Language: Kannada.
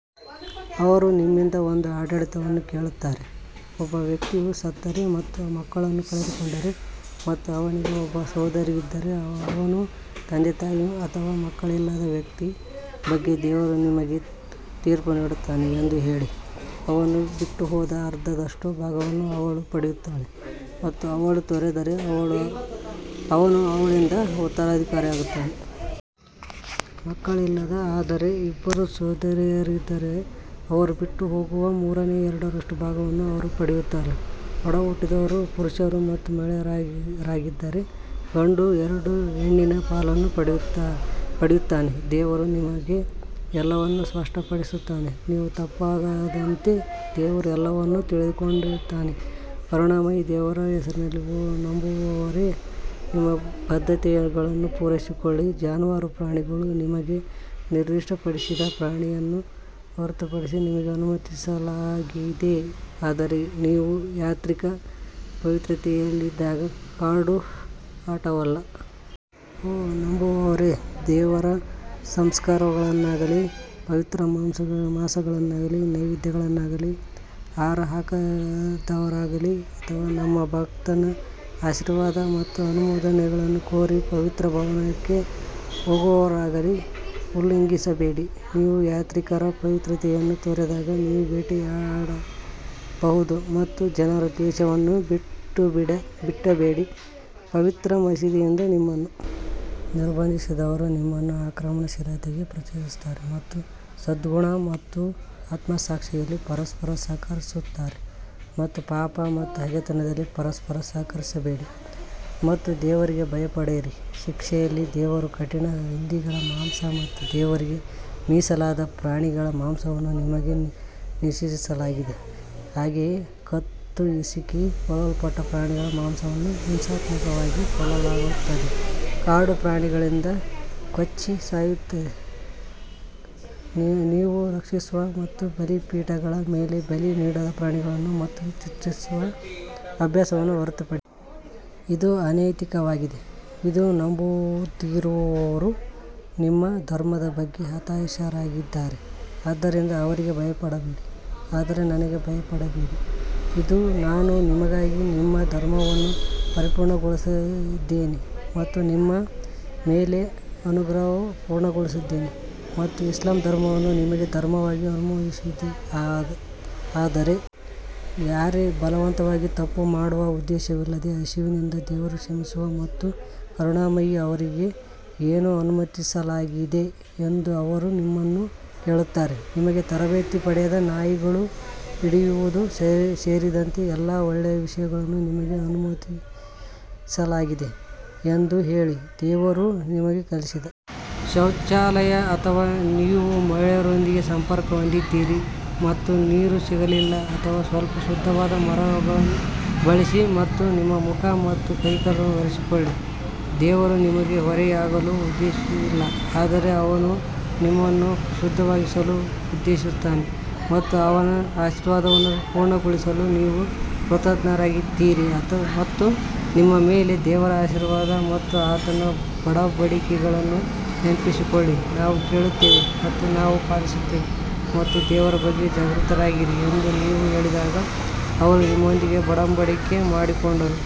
ಅವರು ನಿಮ್ಮಿಂದ ಒಂದು ಆಡಳಿತವನ್ನು ಕೇಳುತ್ತಾರೆ, ಒಬ್ಬ ವ್ಯಕ್ತಿಯು ಸತ್ತರೆ ಮತ್ತು ಮಕ್ಕಳನ್ನು ಕಳೆದುಕೊಂಡರೆ ಮತ್ತು ಅವನಿಗೆ ಒಬ್ಬ ಸಹೋದರಿ ಇದ್ದರೆ ಅವನು ತಂದೆತಾಯಿ ಅಥವಾ ಮಕ್ಕಳಿಲ್ಲದ ವ್ಯಕ್ತಿಯ ಬಗ್ಗೆ ದೇವರು ನಿಮಗೆ ತೀರ್ಪು ನೀಡುತ್ತಾನೆ ಎಂದು ಹೇಳಿ, ಅವನು ಬಿಟ್ಟುಹೋದ ಅರ್ಧದಷ್ಟು ಭಾಗವನ್ನು ಅವಳು ಪಡೆಯುತ್ತಾಳೆ ಮತ್ತು ಅವಳು ತೊರೆದರೆ ಅವನು ಅವಳಿಂದ ಉತ್ತರಾಧಿಕಾರಿಯಾಗುತ್ತಾನೆ. ಮಕ್ಕಳಿಲ್ಲ ಆದರೆ ಇಬ್ಬರು ಸಹೋದರಿಯರಿದ್ದರೆ ಅವರು ಬಿಟ್ಟುಹೋಗುವ ಮೂರನೇ ಎರಡರಷ್ಟು ಭಾಗವನ್ನು ಅವರು ಪಡೆಯುತ್ತಾರೆ, ಒಡಹುಟ್ಟಿದವರು ಪುರುಷರು ಮತ್ತು ಮಹಿಳೆಯರಾಗಿದ್ದರೆ ಗಂಡು ಎರಡು ಹೆಣ್ಣಿನ ಪಾಲನ್ನು ಪಡೆಯುತ್ತಾನೆ ದೇವರು ನಿಮಗೆ ಎಲ್ಲವನ್ನೂ ಸ್ಪಷ್ಟಪಡಿಸುತ್ತಾನೆ ನೀವು ತಪ್ಪಾಗದಂತೆ ದೇವರು ಎಲ್ಲವನ್ನೂ ತಿಳಿದಿರುತ್ತಾನೆ ಕರುಣಾಮಯಿ ದೇವರ ಹೆಸರಿನಲ್ಲಿ ಓ ನಂಬುವವರೇ, ನಿಮ್ಮ ಬದ್ಧತೆಗಳನ್ನು ಪೂರೈಸಿಕೊಳ್ಳಿ ಜಾನುವಾರು ಪ್ರಾಣಿಗಳು ನಿಮಗೆ ನಿರ್ದಿಷ್ಟಪಡಿಸಿದ ಪ್ರಾಣಿಗಳನ್ನು ಹೊರತುಪಡಿಸಿ ನಿಮಗೆ ಅನುಮತಿಸಲಾಗಿದೆ ಆದರೆ ನೀವು ಯಾತ್ರಿಕ ಪವಿತ್ರತೆಯಲ್ಲಿದ್ದಾಗ ಕಾಡು ಆಟವಲ್ಲ. ಓ ನಂಬುವವರೇ, ದೇವರ ಸಂಸ್ಕಾರಗಳನ್ನಾಗಲೀ, ಪವಿತ್ರ ಮಾಸವನ್ನಾಗಲೀ, ನೈವೇದ್ಯಗಳನ್ನಾಗಲೀ, ಹಾರ ಹಾಕಿದವರಾಗಲೀ ಅಥವಾ ತಮ್ಮ ಭಗವಂತನ ಆಶೀರ್ವಾದ ಮತ್ತು ಅನುಮೋದನೆಯನ್ನು ಕೋರಿ ಪವಿತ್ರ ಭವನಕ್ಕೆ ಹೋಗುವವರಾಗಲೀ ಉಲ್ಲಂಘಿಸಬೇಡಿ, ನೀವು ಯಾತ್ರಿಕರ ಪವಿತ್ರತೆಯನ್ನು ತೊರೆದಾಗ ನೀವು ಬೇಟೆಯಾಡಬಹುದು ಮತ್ತು ಜನರ ದ್ವೇಷವನ್ನು ಬಿಡಬೇಡಿ. ಪವಿತ್ರ ಮಸೀದಿಯಿಂದ ನಿಮ್ಮನ್ನು ನಿರ್ಬಂಧಿಸಿದವರು ನಿಮ್ಮನ್ನು ಆಕ್ರಮಣಶೀಲತೆಗೆ ಪ್ರಚೋದಿಸುತ್ತಾರೆ ಮತ್ತು ಸದ್ಗುಣ ಮತ್ತು ಆತ್ಮಸಾಕ್ಷಿಯಲ್ಲಿ ಪರಸ್ಪರ ಸಹಕರಿಸುತ್ತಾರೆ ಮತ್ತು ಪಾಪ ಮತ್ತು ಹಗೆತನದಲ್ಲಿ ಪರಸ್ಪರ ಸಹಕರಿಸಬೇಡಿ ಮತ್ತು ದೇವರಿಗೆ ಭಯಪಡಿರಿ ಶಿಕ್ಷೆಯಲ್ಲಿ ದೇವರು ಕಠಿಣ ಹಂದಿಗಳ ಮಾಂಸ ಮತ್ತು ದೇವರಿಗೆ ಮೀಸಲಾದ ಪ್ರಾಣಿಗಳ ಮಾಂಸವನ್ನು ನಿಮಗೆ ನಿಷೇಧಿಸಲಾಗಿದೆ, ಹಾಗೆಯೇ ಕತ್ತು ಹಿಸುಕಿ ಕೊಲ್ಲಲ್ಪಟ್ಟ ಪ್ರಾಣಿಗಳ ಮಾಂಸವನ್ನು ಹಿಂಸಾತ್ಮಕವಾಗಿ ಕೊಲ್ಲಲಾಗುತ್ತದೆ, ಕಾಡು ಪ್ರಾಣಿಗಳಿಂದ ಕೊಚ್ಚಿ ಸಾಯುತ್ತದೆ, ನೀವು ರಕ್ಷಿಸುವ ಮತ್ತು ಬಲಿಪೀಠಗಳ ಮೇಲೆ ಬಲಿ ನೀಡಿದ ಪ್ರಾಣಿಗಳು ಮತ್ತು ಚಿತ್ರಿಸುವ ಅಭ್ಯಾಸವನ್ನು ಹೊರತುಪಡಿಸಿ. ಇದು ಅನೈತಿಕವಾಗಿದೆ ಇಂದು ನಂಬದಿರುವವರು ನಿಮ್ಮ ಧರ್ಮದ ಬಗ್ಗೆ ಹತಾಶರಾಗಿದ್ದಾರೆ ಆದ್ದರಿಂದ ಅವರಿಗೆ ಭಯಪಡಬೇಡಿ ಆದರೆ ನನಗೆ ಭಯಪಡಬೇಡಿ ಇಂದು ನಾನು ನಿಮಗಾಗಿ ನಿಮ್ಮ ಧರ್ಮವನ್ನು ಪರಿಪೂರ್ಣಗೊಳಿಸಿದ್ದೇನೆ ಮತ್ತು ನಿಮ್ಮ ಮೇಲೆ ನನ್ನ ಅನುಗ್ರಹವನ್ನು ಪೂರ್ಣಗೊಳಿಸಿದ್ದೇನೆ ಮತ್ತು ಇಸ್ಲಾಂ ಧರ್ಮವನ್ನು ನಿಮಗೆ ಧರ್ಮವಾಗಿ ಅನುಮೋದಿಸಿದೆ ಆದರೆ ಯಾರೇ ಬಲವಂತವಾಗಿ ತಪ್ಪು ಮಾಡುವ ಉದ್ದೇಶವಿಲ್ಲದೆ ಹಸಿವಿನಿಂದ ದೇವರು ಕ್ಷಮಿಸುವ ಮತ್ತು ಕರುಣಾಮಯಿ ಅವರಿಗೆ ಏನು ಅನುಮತಿಸಲಾಗಿದೆ ಎಂದು ಅವರು ನಿಮ್ಮನ್ನು ಕೇಳುತ್ತಾರೆ, ನಿಮಗೆ ತರಬೇತಿ ಪಡೆದ ನಾಯಿಗಳು ಹಿಡಿಯುವುದು ಸೇರಿದಂತೆ ಎಲ್ಲಾ ಒಳ್ಳೆಯ ವಿಷಯಗಳು ನಿಮಗೆ ಅನುಮತಿಸಲಾಗಿದೆ ಎಂದು ಹೇಳಿ, ದೇವರು ನಿಮಗೆ ಕಲಿಸಿದ ಶೌಚಾಲಯ ಅಥವಾ ನೀವು ಮಹಿಳೆಯರೊಂದಿಗೆ ಸಂಪರ್ಕ ಹೊಂದಿದ್ದೀರಿ ಮತ್ತು ನೀರು ಸಿಗಲಿಲ್ಲ ನಂತರ ಸ್ವಲ್ಪ ಶುದ್ಧವಾದ ಮರಳನ್ನು ಬಳಸಿ ಮತ್ತು ನಿಮ್ಮ ಮುಖ ಮತ್ತು ಕೈಗಳನ್ನು ಒರೆಸಿಕೊಳ್ಳಿ ದೇವರು ನಿಮಗೆ ಹೊರೆಯಾಗಲು ಉದ್ದೇಶಿಸಿಲ್ಲ ಆದರೆ ಅವನು ನಿಮ್ಮನ್ನು ಶುದ್ಧೀಕರಿಸಲು ಉದ್ದೇಶಿಸಿದ್ದಾನೆ ಮತ್ತು ಅವನ ಆಶೀರ್ವಾದವನ್ನು ಪೂರ್ಣಗೊಳಿಸಲು ನೀವು ಕೃತಜ್ಞರಾಗಿರುತ್ತೀರಿ ಮತ್ತು ನಿಮ್ಮ ಮೇಲೆ ದೇವರ ಆಶೀರ್ವಾದ ಮತ್ತು ಆತನ ಒಡಂಬಡಿಕೆಯನ್ನು ನೆನಪಿಸಿಕೊಳ್ಳಿ, ನಾವು ಕೇಳುತ್ತೇವೆ ಮತ್ತು ನಾವು ಪಾಲಿಸುತ್ತೇವೆ ಮತ್ತು ದೇವರ ಬಗ್ಗೆ ಜಾಗೃತರಾಗಿರಿ ಎಂದು ನೀವು ಹೇಳಿದಾಗ ಅವನು ನಿಮ್ಮೊಂದಿಗೆ ಒಡಂಬಡಿಕೆ ಮಾಡಿಕೊಂಡನು.